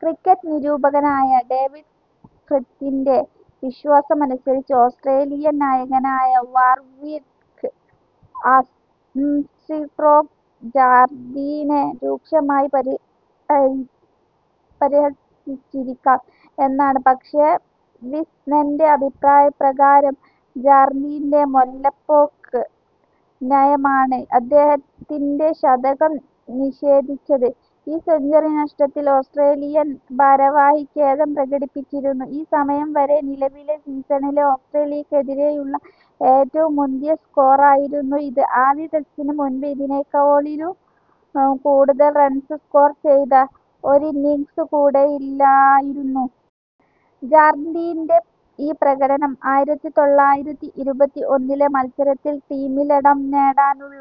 Cricket നിരൂപകനായ David ഫ്രിത്തിൻ്റെ വിശ്വാസമനുസരിച്ച് ഓസ്ട്രേലിയൻ നായകനായ വാർവിക് ആംസ്ട്രോംഗ് ജാർഡീനെ രൂക്ഷമായി പരിഹ പരിഹസിച്ചിരിക്കാം എന്നാണ്. പക്ഷെ വിസ്ഡൻ്റെ അഭിപ്രായ പ്രകാരം ജാർഡീൻ്റെ മെല്ലെപ്പോക്ക് നയമാണ് അദ്ദേഹത്തിൻ ശതകം നിഷേധിച്ചത്. ഈ സെഞ്ച്വറി നഷ്ടത്തിൽ ഓസ്ട്രേലിയൻ ഭാരവാഹി ഖേദം പ്രകടിപ്പിച്ചിരുന്നു. ഈ സമയം വരെ നിലവിലെ സീസണിലെ ഓസ്ട്രേലിയക്കെതിരെയുള്ള ഏറ്റവും മുന്തിയ സ്കോറായിരുന്നു ഇത്, ആദ്യ ടെസ്റ്റിനു മുൻപ് ഇതിനേക്കാളിലും കൂടുതൽ റൺസ് സ്കോർ ചെയ്ത ഒരിന്നിംഗ്സ് കൂടെയില്ലായിരുന്നു. ജാർഡീൻ്റെ ഈ പ്രകടനം ആയിരത്തിതൊള്ളായിരത്തിഇരുപത്തിഒന്നിലെ മത്സരത്തിൽ ടീമിലിടം നേടാനുള്ള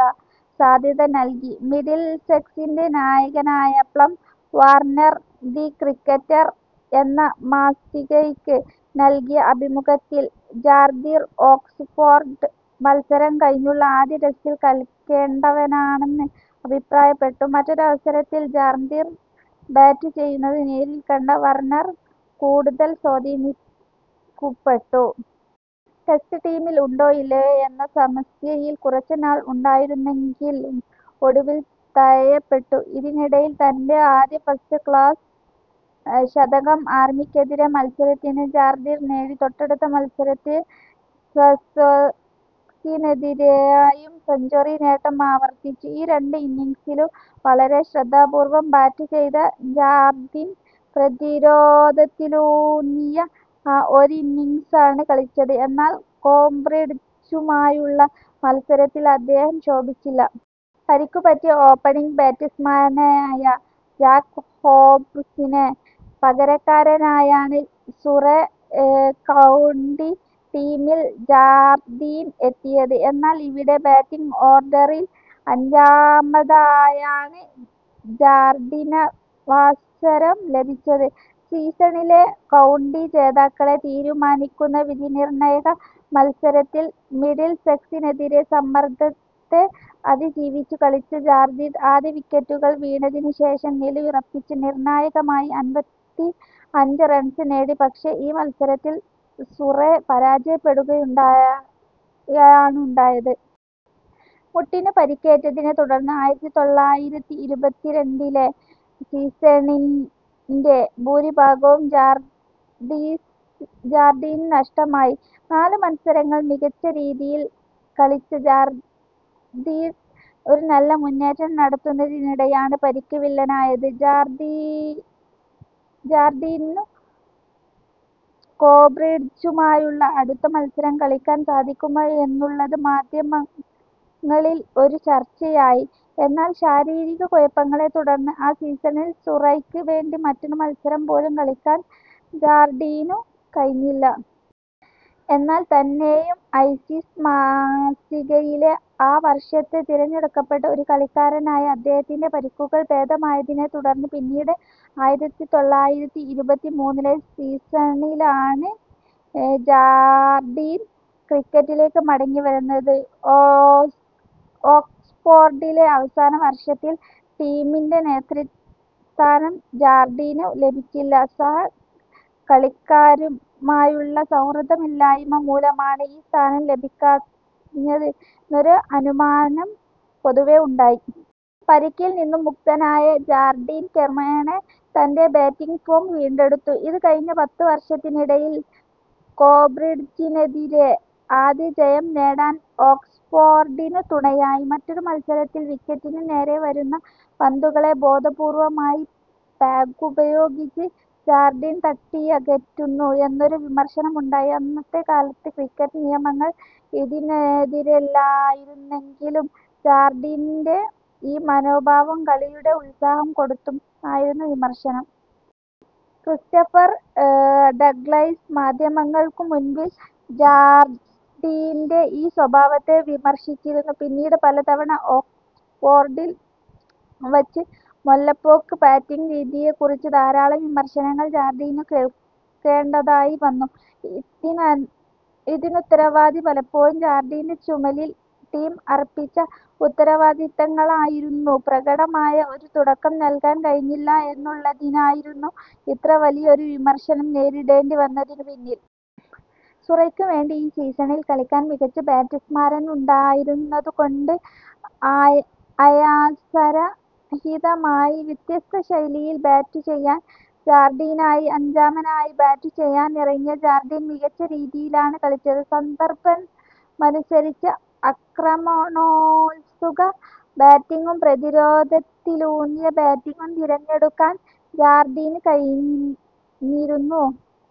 സാധ്യത നൽകി. മിഡിൽസെക്സിൻ്റെ നായകനായ പ്ലം വാർനർ ദി ക്രിക്കറ്റർ എന്ന മാസികയ്ക്ക് നൽകിയ അഭിമുഖത്തിൽ ജാർഡീൻ ഓക്സ്ഫോർഡ് മത്സരം കഴിഞ്ഞുള്ള ആദ്യ ടെസ്റ്റിൽ കളിക്കേണ്ടവനാണെന്ന് അഭിപ്രായപ്പെട്ടു. മറ്റൊരവസരത്തിൽ ജാർഡീൻ ബാറ്റുചെയ്യുന്നത് നേരിൽക്കണ്ട വർനർ കൂടുതൽ സ്വാധീനിക്കുപ്പെട്ടു. ടെസ്റ്റ് ടീമിൽ ഉണ്ടോ ഇല്ലയോ എന്ന സമസ്യയിൽ കുറച്ച് നാൾ ഉണ്ടായിരുന്നെങ്കിലും ഒടുവിൽ തഴയപ്പെട്ടു, ഇതിനിടയിൽ തൻ്റെ ആദ്യ ഫസ്റ്റ് ക്ലാസ് ശതകം ആർമിക്കെതിരായ മത്സരത്തിൽ ജാർഡീൻ നേടി, തൊട്ടടുത്ത മത്സരത്തിൽ സസെക്സിനെതിരായും സെഞ്ച്വറി നേട്ടം ആവർത്തിച്ചു. ഈ രണ്ട് ഇന്നിംഗ്സ് വളരെ ശ്രദ്ധാ പൂർവ്വമായി ബാറ്റു ചെയ്ത ജാർഡിൻ പ്രതിരോധത്തിലൂന്നിയ ഒരിന്നൊഗ്സാണ് കളിച്ചത്, എന്നാൽ കേംബ്രിഡ്ജുമായുള്ള മത്സരത്തിൽ അദ്ദേഹം ശോഭിച്ചില്ല. പരിക്കു പറ്റിയ ഓപ്പണിംഗ് ബാറ്റ്സ്മാനായ ജാക് ഹോബ്സിനു പകരക്കാരനായാണ് സുറൈ കൗണ്ടി ടീമിൽ ജാർഡീൻ എത്തിയത്, എന്നാൽ ഇവിടെ ബാറ്റിംഗ് ഓർഡറിൽ അഞ്ചാമതായാണ് ജാർഡിനവാസരം ലഭിച്ചത്. സീസണിലെ കൗണ്ടി ജേതാക്കാളെ തീരുമാനിക്കുന്ന വിധിനിർണ്ണായക മത്സരത്തിൽ മിഡിൽസെക്സിനെതിരെ സമ്മർദ്ദത്തെ അതി ജീവിച്ചു കളിച്ച ജാർഡീൻ ആദ്യ വിക്കറ്റുകൾ വീണതിനു ശേഷം നിലയുറപ്പിച്ച് നിർണ്ണായകമായി അൻപത്തിഅഞ്ച് റൺസ് നേടി, പക്ഷെ ഈ മത്സരത്തിൽ സുറൈ പരാജയപ്പെടുകയുണ്ടായാണുണ്ടായത്. മുട്ടിനു പരിക്കേറ്റതിനെ തുടർന്ന് ആയിരത്തിതൊള്ളായിരത്തിഇരുപത്തിരണ്ടിലെ സീസണിൻ്റെ ഭൂരിഭാഗവും ജാർഡീൻ ജാർഡീനു നഷ്ടമായി, നാലു മത്സരങ്ങൾ മികച്ച രീതിയിൽ കളിച്ച ജാർഡീൻ ഒരു നല്ല മുന്നേറ്റം നടത്തുന്നതിനിടയാലാണ് പരിക്ക് വില്ലനായത്. ജാർഡീനു കേബ്രിഡ്ജുമായുള്ള അടുത്ത മത്സരം കളിയ്ക്കാൻ സാധിക്കുമോ എന്നുള്ളത് മാധ്യമങ്ങളിൽ ഒരു ചർച്ചയായി, എന്നാൽ ശാരീരിക കുഴപ്പങ്ങളെ തുടർന്ന് ആ സീസണിൽ സുറൈക്കു വേണ്ടി മറ്റൊരു മത്സരം പോലും കളിയ്ക്കാൻ ജാർഡീനു കഴിഞ്ഞില്ല. എന്നാൽ തന്നെയും ഐസിസ് മാസികയിലെ ആ വർഷത്തെ തിരഞ്ഞെടുക്കപ്പെട്ട ഒരു കളിക്കാരനായ അദ്ദേഹത്തിന്റെ പരിക്കുകൾ ഭേദമായതിനെ തുടർന്ന് പിന്നീട് ആയിരത്തിതൊള്ളായിരത്തിഇരുപത്തിമൂന്നിലെ സീസണിലാണ് ജാർഡീൻ ക്രിക്കറ്റിലേക്ക് മടങ്ങി വരുന്നത്. ഓക് ഒക്സ്ഫോർഡിലെ അവസാന വർഷത്തിൽ ടീമിൻ്റെ നേതൃസ്ഥാനം ജാർഡീനു ലഭിച്ചില്ല, സഹകളിക്കരുമായുള്ള സൗഹൃദയില്ലായ്മ മൂലമാണ് ഈ സ്ഥാനം ലഭിക്കാഞ്ഞത് എന്നൊരു അനുമാനം പൊതുവെ ഉണ്ടായി. പരിക്കിൽ നിന്നു മുക്തനായ ജാർഡീൻ ക്രമേണ തൻ്റെ ബാറ്റിംഗ് ഫോം വീണ്ടെടുത്തു, ഇത് കഴിഞ്ഞ പത്ത് വർഷത്തിനിടയിൽ കേംബ്രിഡ്ജിനെതിരെ ആദ്യ ജയം നേടാൻ ഓക്സ്ഫോർഡീനു തുണയായി. മറ്റൊരു മത്സരത്തിൽ വിക്കറ്റിനു നേരെ വരുന്ന പന്തുകളെ ബോധപൂർവ്വമായി പാഗ്ഗുപയോഗിച്ച് ജാർഡീൻ തട്ടിയകറ്റുന്നു എന്നൊരു വിമർശനം ഉണ്ടായി, അന്നത്തെക്കാലത്ത് ക്രിക്കറ്റ് നിയമങ്ങൾ ഇതിനെതിരല്ലായിരുന്നെങ്കിലും ജാർഡീൻ്റെ ഈ മനോഭാവം കളിയുടെ ഉത്സാഹം കെടുത്തും ന്നായിരുന്നു വിമർശനം. ക്രിസ്റ്റഫർ ഡഗ്ലസ് മാധ്യമങ്ങൾക്കു മുൻപിൽ ജർഡീൻ്റെ ഈ സ്വഭാവത്തെ വിമർശിച്ചിരുന്നു. പിന്നീടും പലതവണ ഓക്സ്ഫോർഡിൽ വച്ച് മെല്ലെപ്പോക്ക് ബാറ്റിംഗ് രീതിയെക്കുറിച്ച് ധാരാളം വിമർശനങ്ങൾ ജാർഡീനു കേൾക്കേണ്ടതായി വന്നു. ഇതിന ഇതിനുത്തരവാദി പലപ്പോഴും ജാർഡീൻ്റെ ചുമലിൽ ടീം അർപ്പിച്ച ഉത്തരവാദിത്തങ്ങളായിരുന്നു. പ്രകടമായ ഒരു തുടക്കം നൽകാൻ കഴിഞ്ഞില്ല എന്നുള്ളതായിരുന്നു ഇത്ര വലിയ ഒരു വിമർശനം നേരിടേണ്ടി വന്നതിനു പിന്നിൽ. സുറൈക്കു വേണ്ടി ഈ സീസണിൽ കളിക്കാൻ മികച്ച ബാറ്റ്സ്മാന്മാരുണ്ടായിരുന്നതുകൊണ്ട് ആ അയാസരഹിതമായി വ്യത്യസ്ത ശൈലിയിൽ ബാറ്റു ചെയ്യാൻ ജാർഡീനായി. അഞ്ചാമനായി ബാറ്റു ചെയ്യാനിറങ്ങിയ ജാർഡീൻ മികച്ച രീതിയിലാണ് കളിച്ചത്, സന്ദർഭമനുസരിച്ച് അക്രമണോത്സുക ബാറ്റിംഗും പ്രതിരോധത്തിലൂന്നിയ ബാറ്റിംഗും തിരഞ്ഞെടുക്കാൻ ജാർഡീന് കഴിഞ്ഞിരുന്നു.